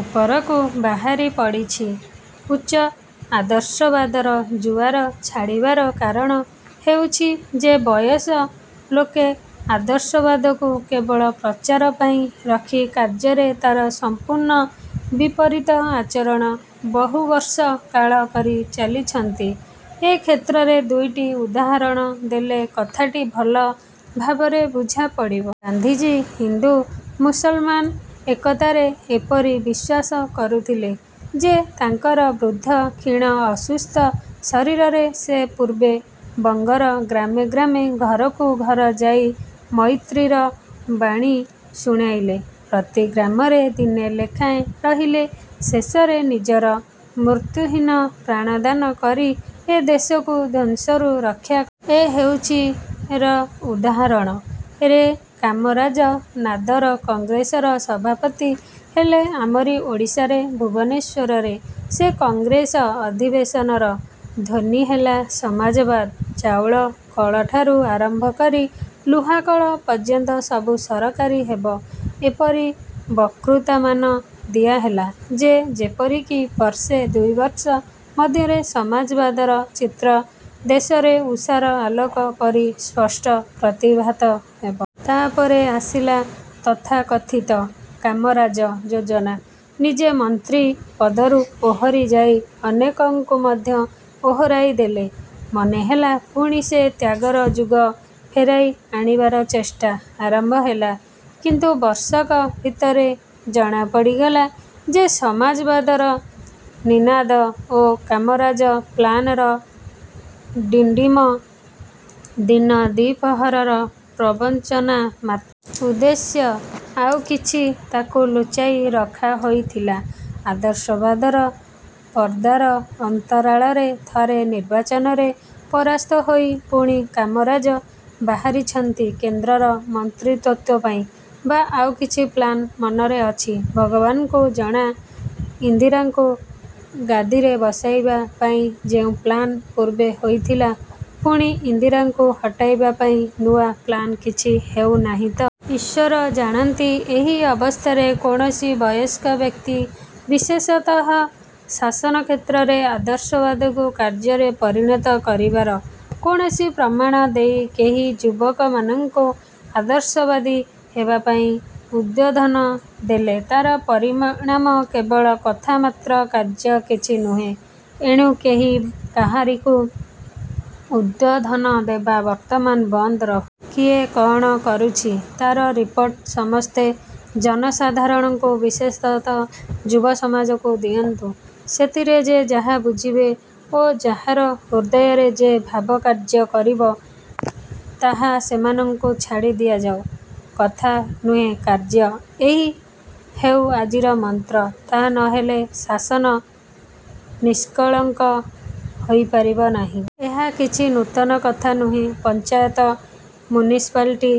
ଉପରକୁ ବାହାରି ପଡ଼ିଛି। ଉଚ୍ଚ ଆଦର୍ଶବାଦର ଜୁଆର ଛାଡ଼ିବାର କାରଣ ହେଉଛି ଯେ ବୟସ୍କ ଲୋକେ ଆଦର୍ଶବାଦକୁ କେବଳ ପ୍ରଚାର ପାଇଁ ରଖି କାର୍ଯ୍ୟରେ ତା'ର ସମ୍ପୂର୍ଣ୍ଣ ବିପରୀତ ଆଚରଣ ବହୁବର୍ଷ କାଳ କରି ଚାଲିଛନ୍ତି। ଏ କ୍ଷେତ୍ରରେ ଦୁଇଟି ଉଦାହରଣ ଦେଲେ କଥାଟି ଭଲ ଭାବରେ ବୁଝାପଡ଼ିବ। ଗାନ୍ଧିଜୀ ହିନ୍ଦୁ-ମୁସଲମାନ ଏକତାରେ ଏପରି ବିଶ୍ୱାସ କରୁଥିଲେ ଯେ ତାଙ୍କର ବୃଦ୍ଧ କ୍ଷୀଣ ଅସୁସ୍ଥ ଶରୀରରେ ସେ ପୂର୍ବେ ବଙ୍ଗର ଗ୍ରାମେ ଗ୍ରାମେ ଘରକୁ ଘର ଯାଇ ମୈତ୍ରୀର ବାଣୀ ଶୁଣାଇଲେ। ପ୍ରତି ଗ୍ରାମରେ ଦିନେ ଲେଖାଏଁ ରହିଲେ। ଶେଷରେ ନିଜର ମୃତ୍ୟୁହୀନ ପ୍ରାଣଦାନ କରି ଏ ଦେଶକୁ ଧ୍ୱଂସରୁ ରକ୍ଷାକଲେ। ଏ ହେଉଛି ର ଉଦାହରଣ। ରେ କାମରାଜ ନାଦର କଂଗ୍ରେସର ସଭାପତି ହେଲେ ଆମରି ଓଡ଼ିଶାରେ ଭୁବନେଶ୍ୱରରେ। ସେ କଂଗ୍ରେସ ଅଧିବେଶନର ଧ୍ୱନି ହେଲା 'ସମାଜବାଦ' ଚାଉଳ କଳଠାରୁ ଆରମ୍ଭ କରି ଲୁହାକଳ ପର୍ଯ୍ୟନ୍ତ ସବୁ ସରକାରୀ ହେବ। ଏପରି ବକ୍ତୃତାମାନ ଦିଆହେଲା ଯେ ଯେପରିକି ବର୍ଷେ ଦୁଇବର୍ଷ ମଧ୍ୟରେ ସମାଜବାଦର ଚିତ୍ର ଦେଶରେ ଉଷାର ଆଲୋକ ପରି ସ୍ପଷ୍ଟ ପ୍ରତିଭାତ ହେବ। ତା'ପରେ ଆସିଲା ତଥାକଥିତ କାମରାଜ ଯୋଜନା। ନିଜେ ମନ୍ତ୍ରୀ ପଦରୁ ଓହରି ଯାଇ ଅନେକଙ୍କୁ ମଧ୍ୟ ଓହରାଇ ଦେଲେ। ମନେହେଲା ପୁଣି ସେ ତ୍ୟାଗର ଯୁଗ ଫେରାଇ ଆଣିବାର ଚେଷ୍ଟା ଆରମ୍ଭ ହେଲା; କିନ୍ତୁ ବର୍ଷକ ଭିତରେ ଜଣା ପଡ଼ିଗଲା ଯେ ସମାଜବାଦର ନିନାଦ ଓ କାମରାଜ ପ୍ଲାନର ଡିଣ୍ଡିମ ଦିନ ଦ୍ୱିପ୍ରହରର ପ୍ରବଞ୍ଚନା ମାତ୍ର। ଉଦ୍ଦେଶ୍ୟ ଆଉ କିଛି, ତାକୁ ଲୁଚାଇ ରଖାହୋଇଥିଲା ଆଦର୍ଶବାଦର ପର୍ଦ୍ଦାର ଅନ୍ତରାଳରେ। ଥରେ ନିର୍ବାଚନରେ ପରାସ୍ତ ହୋଇ ପୁଣି କାମରାଜ ବାହାରିଛନ୍ତି କେନ୍ଦ୍ରର ମନ୍ତ୍ରିତ୍ୱପାଇଁ ବା ଆଉ କି 'ପ୍ଳାନ' ମନରେ ଅଛି ଭଗବାନଙ୍କୁ ଜଣା। ଇନ୍ଦିରାଙ୍କୁ ଗାଦିରେ ବସାଇବା ପାଇଁ ଯେଉଁ ପ୍ଲାନ ପୂର୍ବେ ହୋଇଥିଲା, ପୁଣି ଇନ୍ଦିରାଙ୍କୁ ହଟାଇବା ପାଇଁନୂଆ ପ୍ଲାନ କିଛି ହେଉ ନାହିଁ ତ? ଈଶ୍ୱର ଜାଣନ୍ତି। ଏହି ଅବସ୍ଥାରେ କୌଣସି ବୟସ୍କ ବ୍ୟକ୍ତି, ବିଶେଷତଃ ଶାସନ କ୍ଷେତ୍ରରେ ଆଦର୍ଶବାଦକୁ କାର୍ଯ୍ୟରେ ପରିଣତ କରିବାର କୌଣସି ପ୍ରମାଣ ଦେଇ କେହି ଯୁବକମାନଙ୍କୁ ଆଦର୍ଶବାଦୀ ହେବାପାଇଁ ଉଦ୍ବୋଧନ ଦେଲେ ତା'ର ପରିଣାମ କେବଳ କଥା ମାତ୍ର କାର୍ଯ୍ୟ କିଛି ନୁହେଁ। ଏଣୁ କେହି କାହାରିକୁ ଉଦ୍ବୋଧନ ଦେବା ବର୍ତ୍ତମାନ ବନ୍ଦ ରହୁ। କିଏ କଅଣ କରୁଛି ତା'ର ରିପୋର୍ଟ ସମସ୍ତେ ଜନସାଧାରଣଙ୍କୁ ବିଶେଷତଃ ଯୁବ-ସମାଜକୁ ଦିଅନ୍ତୁ। ସେଥିରେ ଯେ ଯାହା ବୁଝିବେ ଓ ଯାହାର ହୃଦୟରେ ଯେ ଭାବ କାର୍ଯ୍ୟ କରିବ, ତାହା ସେମାନଙ୍କୁ ଛାଡ଼ି ଦିଆଯାଉ। କଥା ନୁହେଁ କାର୍ଯ୍ୟ- ଏହି ହେଉ ଆଜିର ମନ୍ତ୍ର। ତାହା ନହେଲେ ଶାସନ ନିଷ୍କଳଙ୍କ ହୋଇପାରିବ ନାହିଁ। ଏହା କିଛି ନୂତନ କଥା ନୁହେଁ। ପଞ୍ଚାୟତ ମ୍ୟୁନିସିପାଲଟି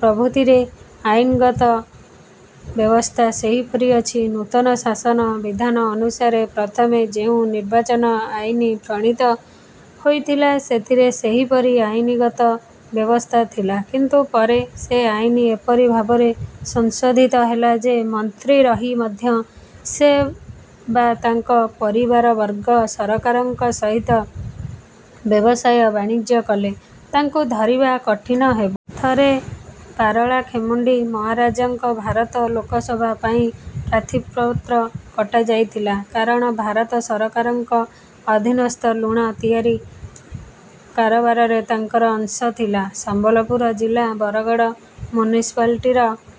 ପ୍ରଭୃତିରେ ଆଇନଗତ ବ୍ୟବସ୍ଥା ସେହିପରି ଅଛି। ନୂତନ ଶାସନ ବିଧାନ ଅନୁସାରେ ପ୍ରଥମେ ଯେଉଁ ନିର୍ବାଚନ-ଆଇନ ପ୍ରଣୀତ ହୋଇଥିଲା, ସେଥିରେ ସେହିପରି ଆଇନଗତ ବ୍ୟବସ୍ଥା ଥିଲା; କିନ୍ତୁ ପରେ ସେ ଆଇନ ଏପରି ଭାବରେ ସଂଶୋଧିତ ହେଲା ଯେ ମନ୍ତ୍ରୀ ରହି ମଧ୍ୟ ସେ ବା ତାଙ୍କ ପରିବାରବର୍ଗ ସରକାରଙ୍କ ସହିତ ବ୍ୟବସାୟ ବାଣିଜ୍ୟ କଲେ, ତାଙ୍କୁ ଧରିବା କଠିନ ହେବ। ଥରେ ପାରଳାଖେମୁଣ୍ଡି ମହାରାଜାଙ୍କ ଭାରତ ଲୋକସଭା ପାଇଁ ପ୍ରାର୍ଥୀପତ୍ର କଟାଯାଇଥିଲା; କାରଣ ଭାରତ ସରକାରଙ୍କ ଅଧୀନସ୍ଥ ଲୁଣ ତିଆରି କାରବାରରେ ତାଙ୍କର ଅଂଶ ଥିଲା। ସମ୍ବଲପୁର ଜିଲା ବରଗଡ଼ ମ୍ୟୁନିସିପାଲିଟିର